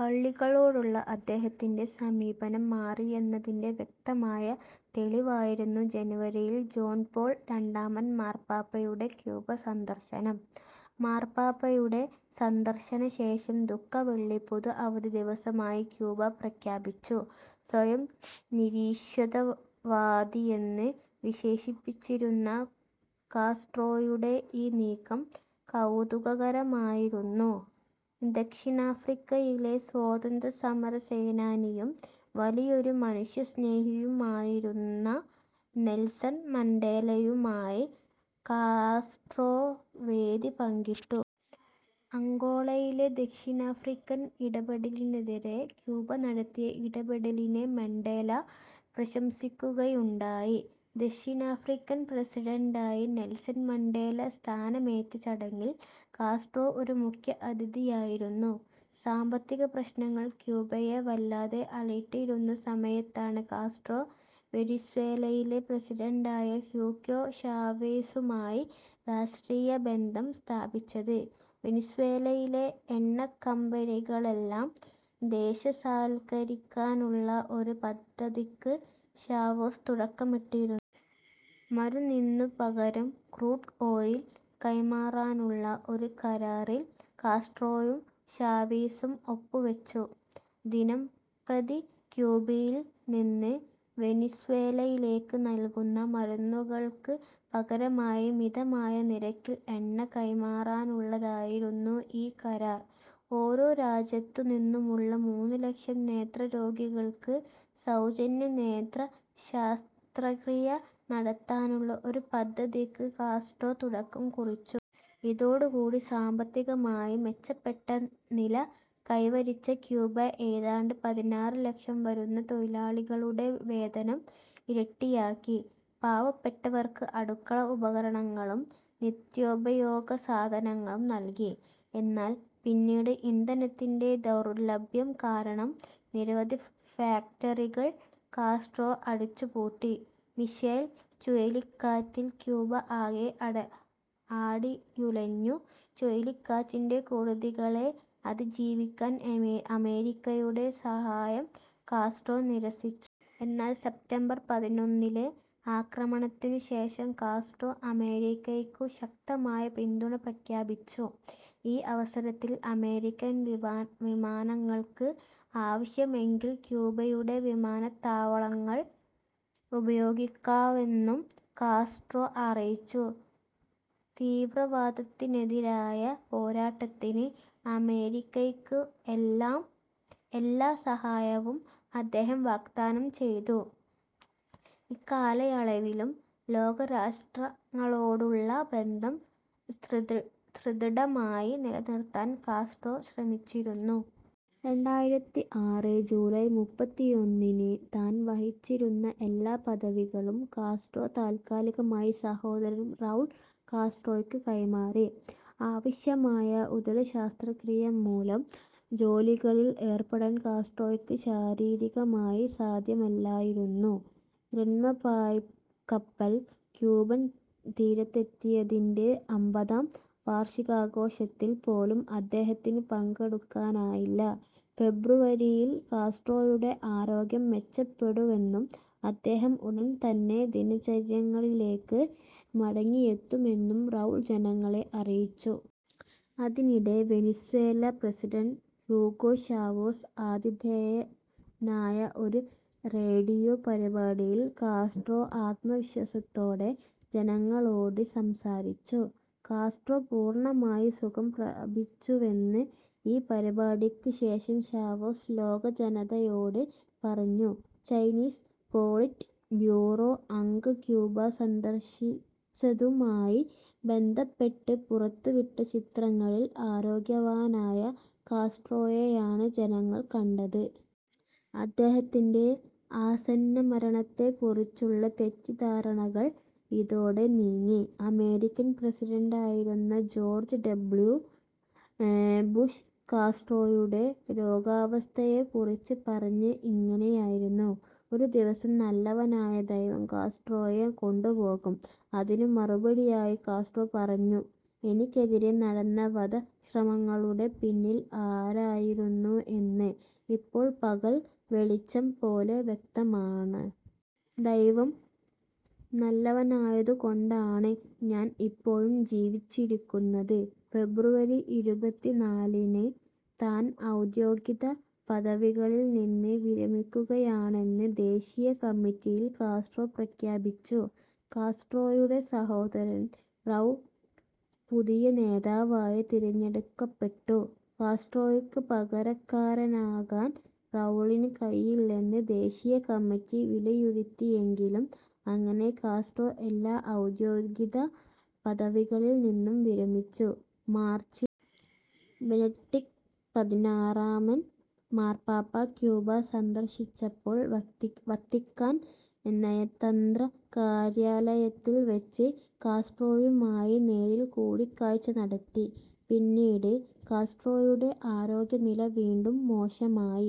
പള്ളികളോടുള്ള അദ്ദേഹത്തിൻ്റെ സമീപനം മാറിയെന്നതിൻ്റെ വ്യക്തമായ തെളിവായിരുന്നു ജനുവരിയിൽ ജോൺ പോൾ രണ്ടാമൻ മാർപ്പാപ്പയുടെ ക്യൂബ സന്ദർശനം. മാർപ്പാപ്പയുടെ സന്ദർശനശേഷം ദുഃഖവെള്ളി പൊതു അവധി ദിവസമായി ക്യൂബ പ്രഖ്യാപിച്ചു. സ്വയം നിരീശ്വരവാദിയെന്ന് വിശേഷിപ്പിച്ചിരുന്ന കാസ്ട്രോയുടെ ഈ നീക്കം കൗതുകകരമായിരുന്നു. ദക്ഷിണാഫ്രിക്കയിലെ സ്വാതന്ത്ര്യസമരസേനാനിയും വലിയൊരു മനുഷ്യസ്നേഹിയുമായിരുന്ന നെൽസൺ മണ്ടേലയുമായി കാസ്ട്രോ വേദി പങ്കിസ്റ്റും. അംഗോളയിലെ ദക്ഷിണാഫ്രിക്കൻ ഇടപെടലിനെതിരേ ക്യൂബ നടത്തിയ ഇടപെടലിനെ മണ്ടേല പ്രശംസിക്കുകയുണ്ടായി. ദക്ഷിണാഫ്രിക്കൻ പ്രസിഡന്റായി നെൽസൺ മണ്ടേല സ്ഥാനമേറ്റ ചടങ്ങിൽ കാസ്ട്രോ ഒരു മുഖ്യ അതിഥിയായിരുന്നു. സാമ്പത്തിക പ്രശ്നങ്ങൾ ക്യൂബയെ വല്ലാതെ അലട്ടിയിരുന്ന സമയത്താണ് കാസ്ട്രോ വെനിസ്വേലയുടെ പ്രസിഡന്റായ ഹ്യൂഗോ ഷാവേസുമായി രാഷ്ട്രീയ ബന്ധം സ്ഥാപിച്ചത്. വെനിസ്വേലയിലെ എണ്ണക്കമ്പനികളെല്ലാം ദേശസാൽക്കരിക്കാനുള്ള ഒരു പദ്ധതിക്ക് ഷാവേസ് തുടക്കമിട്ടിരുന്നു. മരുന്നിനു പകരം ക്രൂഡ് ഓയിൽ കൈമാറാനുള്ള ഒരു കരാറിൽ കാസ്ട്രോയും ഷാവേസും ഒപ്പുവെച്ചു. ദിനംപ്രതി ക്യൂബയിൽ നിന്ന് വെനിസ്വേലയിലേക്ക് നൽകുന്ന മരുന്നുകൾക്ക് പകരമായി മിതമായ നിരക്കിൽ എണ്ണ കൈമാറാനുള്ളതായിരുന്നു ഈ കരാർ. ഓരോ രാജ്യത്തു നിന്നുമുള്ള മൂന്നുലക്ഷം നേത്രരോഗികൾക്ക് സൗജന്യ നേത്രശസ്ത്രക്രിയ നടത്താനുള്ള ഒരു പദ്ധതിക്ക് കാസ്ട്രോ തുടക്കം കുറിച്ചു. ഇതോടുകൂടി സാമ്പത്തികമായി മെച്ചപ്പെട്ട നില കൈവരിച്ച ക്യൂബ ഏതാണ്ട് പതിനാറ് ലക്ഷം വരുന്ന തൊഴിലാളികളുടെ വേതനം ഇരട്ടിയാക്കി. പാവപ്പെട്ടവർക്ക് അടുക്കള ഉപകരണങ്ങളും നിത്യോപയോഗ സാധനങ്ങളും നൽകി. എന്നാൽ പിന്നീട് ഇന്ധനത്തിൻ്റെ ദൗർലഭ്യം കാരണം നിരവധി ഫാക്ടറികൾ കാസ്ട്രോ അടച്ചുപൂട്ടി. മിഷേൽ ചുഴലിക്കാറ്റിൽ ക്യൂബ ആകെ ആടിയുലഞ്ഞു. ചുഴലിക്കാറ്റിൻ്റെ കെടുതികളെ അതിജീവിക്കാൻ അമേരിക്കയുടെ സഹായം കാസ്ട്രോ നിരസിച്ചു. എന്നാൽ സെപ്റ്റംബർ പതിനൊന്നിലെ ആക്രമണത്തിനു ശേഷം കാസ്ട്രോ അമേരിക്കയ്ക്ക് ശക്തമായ പിന്തുണ പ്രഖ്യാപിച്ചു. ഈ അവസരത്തിൽ അമേരിക്കൻ വിമാനങ്ങൾക്ക് ആവശ്യമെങ്കിൽ ക്യൂബയുടെ വിമാനത്താവളങ്ങൾ ഉപയോഗിക്കാമെന്നും കാസ്ട്രോ അറിയിച്ചു. തീവ്രവാദത്തിനെതിരായ പോരാട്ടത്തിന് അമേരിക്കയ്ക്ക് എല്ലാ സഹായവും അദ്ദേഹം വാഗ്ദാനം ചെയ്തു. ഇക്കാലയളവിലും ലോകരാഷ്ട്രങ്ങളോടുള്ള ബന്ധം സുദൃഢമായി നിലനിർത്താൻ കാസ്ട്രോ ശ്രമിച്ചിരുന്നു. രണ്ടായിരത്തി ആറ് ജൂലൈ മുപ്പത്തിയൊന്നിന് താൻ വഹിച്ചിരുന്ന എല്ലാ പദവികളും കാസ്ട്രോ താൽക്കാലികമായി സഹോദരൻ റൗൾ കാസ്ട്രോയ്ക്ക് കൈമാറി. ആവശ്യമായ ഉദരശസ്ത്രക്രിയ മൂലം ജോലികളിൽ ഏർപ്പെടാൻ കാസ്ട്രോയ്ക്ക് ശാരീരികമായി സാധ്യമല്ലായിരുന്നു. ഗ്രന്മ പായ്ക്കപ്പൽ ക്യൂബൻ തീരത്തെത്തിയതിൻ്റെ അമ്പതാം വാർഷികാഘോഷത്തിൽ പോലും അദ്ദേഹത്തിന് പങ്കെടുക്കാനായില്ല. ഫെബ്രുവരിയിൽ കാസ്ട്രോയുടെ ആരോഗ്യം മെച്ചപ്പെട്ടുവെന്നും അദ്ദേഹം ഉടൻ തന്നെ ദിനചര്യകളിലേക്ക് മടങ്ങിയെത്തുമെന്നും റൗൾ ജനങ്ങളെ അറിയിച്ചു. അതിനിടെ വെനിസ്വേല പ്രസിഡന്റ് ഹ്യൂഗോ ഷാവേസ് ആതിഥേയനായ ഒരു റേഡിയോ പരിപാടിയിൽ കാസ്ട്രോ ആത്മവിശ്വാസത്തോടെ ജനങ്ങളോട് സംസാരിച്ചു. കാസ്ട്രോ പൂർണമായി സുഖം പ്രാപിച്ചുവെന്ന് ഈ പരിപാടിക്ക് ശേഷം ഷാവേസ് ലോകജനതയോട് പറഞ്ഞു. ചൈനീസ് പോളിറ്റ് ബ്യൂറോ അംഗം ക്യൂബ സന്ദർശിച്ചതുമായി ബന്ധപ്പെട്ട് പുറത്തുവിട്ട ചിത്രങ്ങളിൽ ആരോഗ്യവാനായ കാസ്ട്രോയെയാണ് ജനങ്ങൾ കണ്ടത്. അദ്ദേഹത്തിൻ്റെ ആസന്നമരണത്തെക്കുറിച്ചുള്ള തെറ്റിദ്ധാരണകൾ ഇതോടെ നീങ്ങി. അമേരിക്കൻ പ്രസിഡന്റായിരുന്ന ജോർജ് ഡബ്ല്യു. ബുഷ് കാസ്ട്രോയുടെ രോഗാവസ്ഥയെക്കുറിച്ച് പറഞ്ഞത് ഇങ്ങനെയായിരുന്നു: ഒരു ദിവസം നല്ലവനായ ദൈവം കാസ്ട്രോയെ കൊണ്ടുപോകും. ഇതിന് മറുപടിയായി കാസ്ട്രോ പറഞ്ഞു എനിക്കെതിരെ നടന്ന വധശ്രമങ്ങളുടെ പിന്നിൽ ആരായിരുന്നു എന്ന് ഇപ്പോൾ പകൽവെളിച്ചം പോലെ വ്യക്തമാണ്. ദൈവം നല്ലവനായതുകൊണ്ടാണ് ഞാൻ ഇപ്പോഴും ജീവിച്ചിരിക്കുന്നത്."ഫെബ്രുവരി ഇരുപത്തിനാലിന് താൻ ഔദ്യോഗിക പദവികളിൽ നിന്ന് വിരമിക്കുകയാണെന്ന് ദേശീയ കമ്മിറ്റിയിൽ കാസ്ട്രോ പ്രഖ്യാപിച്ചു. കാസ്ട്രോയുടെ സഹോദരൻ റൗൾ പുതിയ നേതാവായി തിരഞ്ഞെടുക്കപ്പെട്ടു. കാസ്ട്രോയ്ക്ക് പകരക്കാരനാകാൻ റൗളിന് കഴിയില്ലെന്ന് ദേശീയ കമ്മിറ്റി വിലയിരുത്തിയെങ്കിലും, അങ്ങനെ കാസ്ട്രോ എല്ലാ ഔദ്യോഗിക പദവികളിൽ നിന്നും വിരമിച്ചു. മാർച്ചിൽ ബെനഡിക്ട് പതിനാറാമൻ മാർപ്പാപ്പ ക്യൂബ സന്ദർശിച്ചപ്പോൾ വത്തിക്കാൻ നയതന്ത്ര കാര്യാലയത്തിൽ വെച്ച് കാസ്ട്രോയുമായി നേരിൽ കൂടിക്കാഴ്ച നടത്തി. പിന്നീട് കാസ്ട്രോയുടെ ആരോഗ്യനില വീണ്ടും മോശമായി.